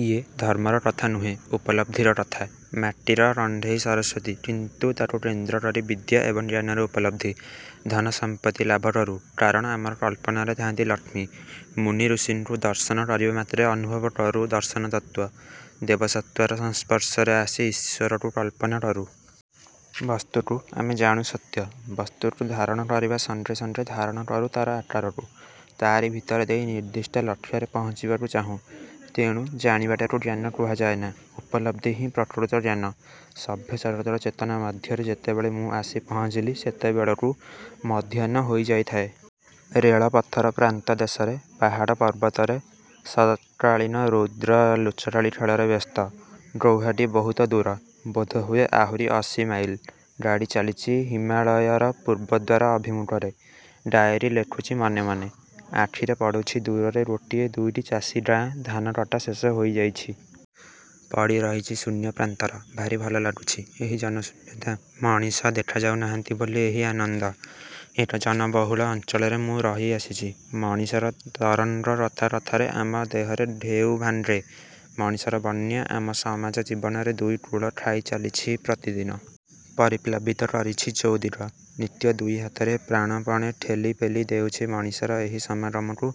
ଇଏ ଧର୍ମର କଥା ନୁହେଁ, ଉପଲବ୍ଧିର କଥା। ମାଟିର କଣ୍ଢେଇ ସରସ୍ୱତୀ, କିନ୍ତୁ ତାକୁ କେନ୍ଦ୍ର କରି ବିଦ୍ୟା ଏବଂ ଜ୍ଞାନର ଉପଲବ୍ଧି। ଧନସମ୍ପତ୍ତି ଲାଭ କରୁ, କାରଣ ଆମର କଳ୍ପନାରେ ଥାଆନ୍ତି ଲକ୍ଷ୍ମୀ। ମୁନି ଋଷିଙ୍କୁ ଦର୍ଶନ କରିବାମାତ୍ରେ ଅନୁଭବ କରୁ ଦର୍ଶନତତ୍ତ୍ୱ। ଦୈବସତ୍ତାର ସଂସ୍ପର୍ଶରେ ଆସି ଈଶ୍ୱରକୁ କଳ୍ପନା କରୁ। ବସ୍ତୁକୁ ଆମେ ଜାଣୁ ସତ୍ୟ। ବସ୍ତୁକୁ ଧାରଣ କରିବା ସଙ୍ଗେ ସଙ୍ଗେ ଧାରଣ କରୁ ତାର ଆକାରକୁ। ତାରି ଭିତରେ ଦେଇ ନିର୍ଦ୍ଦିଷ୍ଟ ଲକ୍ଷ୍ୟରେ ପହଞ୍ଚିବାକୁ ଚାହୁଁ। ତେଣୁ ଜାଣିବାଟାକୁ ଜ୍ଞାନ କୁହାଯାଏନା, ଉପଲବ୍ଧି ହିଁ ପ୍ରକୃତ ଜ୍ଞାନ। ସଭ୍ୟ ଜଗତର ଚେତନା ମଧ୍ୟରେ ଯେତେବେଳେ ମୁଁ ଆସି ପହଞ୍ଚିଲି, ସେତେବେଳକୁ ମଧ୍ୟାହ୍ନ ହୋଇଯାଇଥାଏ। ରେଳପଥର ପ୍ରାନ୍ତଦେଶରେ ପାହାଡ଼ ପର୍ବତରେ ଶରତ୍କାଳୀନ ରୌଦ୍ର ଲୁଚକାଳି ଖେଳରେ ବ୍ୟସ୍ତ। ଗୌହାଟୀ ବହୁତ ଦୂର, ବୋଧହୁଏ ଆହୁରି ଅଶୀ ମାଇଲ। ଗାଡ଼ି ଚାଲିଚି ହିମାଳୟର ପୂର୍ବଦ୍ୱାର ଅଭିମୁଖରେ। ଡାଏରୀ ଲେଖୁଚି ମନେ ମନେ। ଆଖିରେ ପଡ଼ୁଛି ଦୂରରେ ଗୋଟିଏ ଦୁଇଟି ଚାଷୀ ଗାଁ ଧାନ କଟା ଶେଷ ହୋଇଯାଇଛି। ପଡ଼ିରହିଛି ଶୂନ୍ୟ ପ୍ରାନ୍ତର। ଭାରି ଭଲ ଲାଗୁଛି ଏହି ଜନଶୂନ୍ୟତା। ମଣିଷ ଦେଖାଯାଉ ନାହାନ୍ତି ବୋଲି ଏହି ଆନନ୍ଦ। ଏକ ଜନବହୁଳ ଅଞ୍ଚଳରେ ମୁଁ ରହି ଆସିଛି। ମଣିଷର ତରଙ୍ଗ କଥା କଥାରେ ଆମ ଦେହରେ ଢେଉ ଭାଙ୍ଗେ। ମଣିଷର ବନ୍ୟା ଆମ ସମାଜଜୀବନରେ ଦୁଇକୂଳ ଖାଇ ଚାଲିଛି ପ୍ରତିଦିନ। ପରିପ୍ଲାବିତ କରିଛି ଚୌଦିଗ। ନିତ୍ୟ ଦୁଇ ହାତରେ ପ୍ରାଣପଣେ ଠେଲି ପେଲି ଦେଉଛି ମଣିଷର ଏହି ସମାଗମକୁ,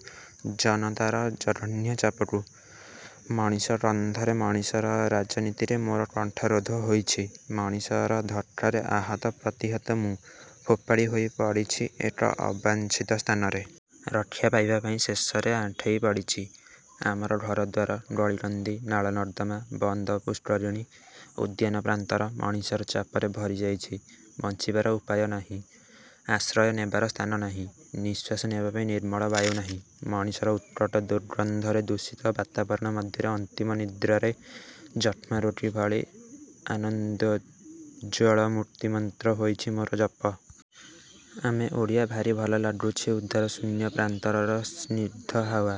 ଜନତାର ଜଘନ୍ୟ ଚାପକୁ। ମଣିଷ ଗନ୍ଧରେ, ମଣିଷର ରାଜନୀତିରେ ମୋର କଣ୍ଠରୋଧ ହୋଇଛି। ମଣିଷର ଧକ୍କାରେ ଆହତ, ପ୍ରତିହତ ମୁଁ। ଫୋପାଡ଼ି ହୋଇ ପଡ଼ିଛି ଏକ ଅବାଞ୍ଛିତ ସ୍ଥାନରେ। ରକ୍ଷା ପାଇବା ପାଇଁ ଶେଷରେ ଆଣ୍ଠେଇ ପଡ଼ିଛି। ଆମର ଘରଦ୍ୱାର, ଗଳି କନ୍ଦି, ନାଳ ନର୍ଦ୍ଦମା, ବନ୍ଧ ପୁଷ୍କରିଣୀ, ଉଦ୍ୟାନ ପ୍ରାନ୍ତର ମଣିଷର ଚାପରେ ଭରିଯାଇଛି, ବଞ୍ଚିବାର ଉପାୟ ନାହିଁ। ଆଶ୍ରୟ ନେବାର ସ୍ଥାନ ନାହିଁ, ନିଶ୍ୱାସ ନେବା ପାଇଁ ନିର୍ମଳ ବାୟୁ ନାହିଁ। ମଣିଷର ଉତ୍କଟ ଦୁର୍ଗନ୍ଧରେ ଦୂଷିତ ବାତାବରଣ ମଧ୍ୟରେ ଅନ୍ତିମ ନିଦ୍ରାରେ ଯକ୍ଷ୍ମାରୋଗୀ ଭଳି ଆନନ୍ଦୋଜ୍ଜ୍ୱଳ ମୁକ୍ତିମନ୍ତ୍ର ହୋଇଛି ମୋର ଜପ। ଆମେ ଓଡ଼ିଆ ଭାରି ଭଲ ଲାଗୁଛି ଉଦାରଶୂନ୍ୟ ପ୍ରାନ୍ତରର ସ୍ନିଗ୍ଧ ହାୱା।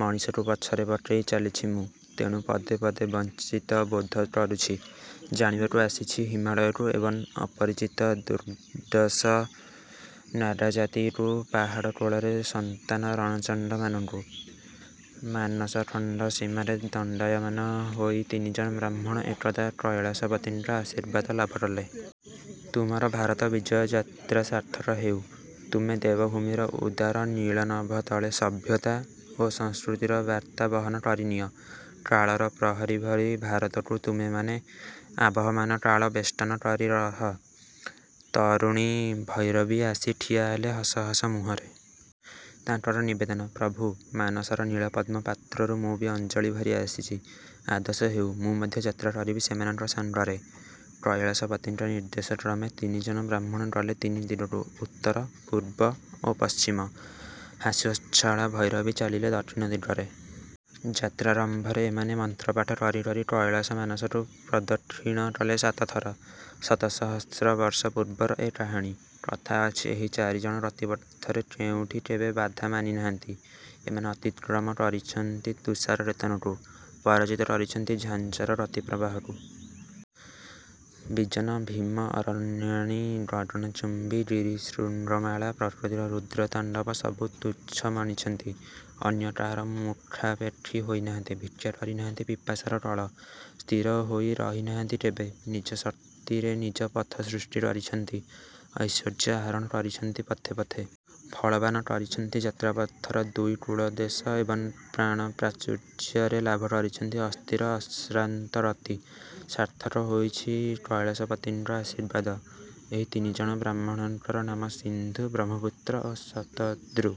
ମଣିଷକୁ ପଛରେ ପକେଇ ଚାଲିଛି ମୁଁ, ତେଣୁ ପଦେ ପଦେ ବଞ୍ଚିତ ବୋଧ କରୁଛି। ଜାଣିବାକୁ ଆସିଛି ହିମାଳୟକୁ ଏବଂ ଅପରିଚିତ ଦୁର୍ଦ୍ଧର୍ଷ ନାଗାଜାତିକୁ ପାହାଡ଼ କୋଳରେ ସନ୍ତାନ ରଣଚଣ୍ଡମାନଙ୍କୁ। ମାନସଖଣ୍ଡ ସୀମାରେ ଦଣ୍ଡାୟମାନ ହୋଇ ତିନିଜଣ ବ୍ରାହ୍ମଣ ଏକଦା କୈଳାସପତିଙ୍କ ଆଶୀର୍ବାଦ ଲାଭ କଲେ। ତୁମର ଭାରତ ବିଜୟ ଯାତ୍ରା ସାର୍ଥକ ହେଉ। ତୁମେ ଦେବଭୂମିର ଉଦାର ନୀଳନଭ ତଳେ ସଭ୍ୟତା ଓ ସଂସ୍କୃତିର ବାର୍ତ୍ତା ବହନ କରିନିଅ। କାଳର ପ୍ରହରୀ ଭଳି ଭାରତକୁ ତୁମେମାନେ ଆବହମାନ କାଳ ବେଷ୍ଟନ କରି ରହ। ତରୁଣୀ ଭୈରବୀ ଆସି ଠିଆହେଲେ ହସ ହସ ମୁହଁରେ। ତାଙ୍କର ନିବେଦନ, ପ୍ରଭୁ। ମାନସର ନୀଳପଦ୍ମ ପାତ୍ରରୁ ମୁଁ ବି ଅଞ୍ଜଳି ଭରି ଆସିଛି, ଆଦେଶ ହେଉ, ମୁଁ ମଧ୍ୟ ଯାତ୍ରା କରିବି ସେମାନଙ୍କ ସାଙ୍ଗରେ। କୈଳାସପତିଙ୍କ ନିର୍ଦ୍ଦେଶକ୍ରମେ ତିନିଜଣ ବ୍ରାହ୍ମଣ ଗଲେ ତିନି ଦିଗକୁ ଉତ୍ତର, ପୂର୍ବ ଓ ପଶ୍ଚିମ। ହାସ୍ୟୋଚ୍ଛଳା ଭୈରବୀ ଚାଲିଲେ ଦକ୍ଷିଣ ଦିଗରେ। ଯାତ୍ରାରମ୍ଭରେ ଏମାନେ ମନ୍ତ୍ରପାଠ କରି କରି କୈଳାସ ମାନସକୁ ପ୍ରଦକ୍ଷିଣ କଲେ ସାତଥର। ଶତ ସହସ୍ର ବର୍ଷ ପୂର୍ବର ଏ କାହାଣୀ। କଥା ଅଛି, ଏହି ଚାରିଜଣ ଗତିପଥରେ କେଉଁଠି କେବେ ବାଧା ମାନି ନାହାନ୍ତି। ଏମାନେ ଅତିକ୍ରମ କରିଛନ୍ତି ତୁଷାରକେତନକୁ। ପରାଜିତ କରିଛନ୍ତି ଝାଞ୍ଜର ଗତିପ୍ରବାହକୁ। ବିଜନ ଭୀମ ଅରଣ୍ୟାନୀ, ଗଗନଚୁମ୍ବୀ ଗିରିଶୃଙ୍ଗମାଳା, ପ୍ରକୃତିର ରୁଦ୍ର ତାଣ୍ଡବ ସବୁ ତୁଚ୍ଛ ମଣିଛନ୍ତି। ଅନ୍ୟ କାହାର ମୁଖାପେକ୍ଷୀ ହୋଇନାହାନ୍ତି। ଭିକ୍ଷା କରି ନାହାନ୍ତି ପିପାସାର କଳ। ସ୍ଥିର ହୋଇ ରହି ନାହାନ୍ତି କେବେ। ନିଜ ଶକ୍ତିରେ ନିଜ ପଥ ସୃଷ୍ଟି କରିଛନ୍ତି। ଐଶ୍ୱର୍ଯ୍ୟ ଆହରଣ କରିଛନ୍ତି ପଥେ ପଥେ। ଫଳବାନ କରିଛନ୍ତି ଯାତ୍ରାପଥର ଦୁଇ କୂଳଦେଶ ଏବଂ ପ୍ରାଣପ୍ରାଚୁର୍ଯ୍ୟରେ ଲାଭ କରିଛନ୍ତି ଅସ୍ଥିର ଅଶ୍ରାନ୍ତ ଗତି। ସାର୍ଥକ ହୋଇଛି କୈଳାସପତିଙ୍କ ଆଶୀର୍ବାଦ। ଏହି ତିନିଜଣ ବ୍ରାହ୍ମଣଙ୍କର ନାମ ସିନ୍ଧୁ, ବ୍ରହ୍ମପୁତ୍ର ଓ ଶତଦ୍ରୁ।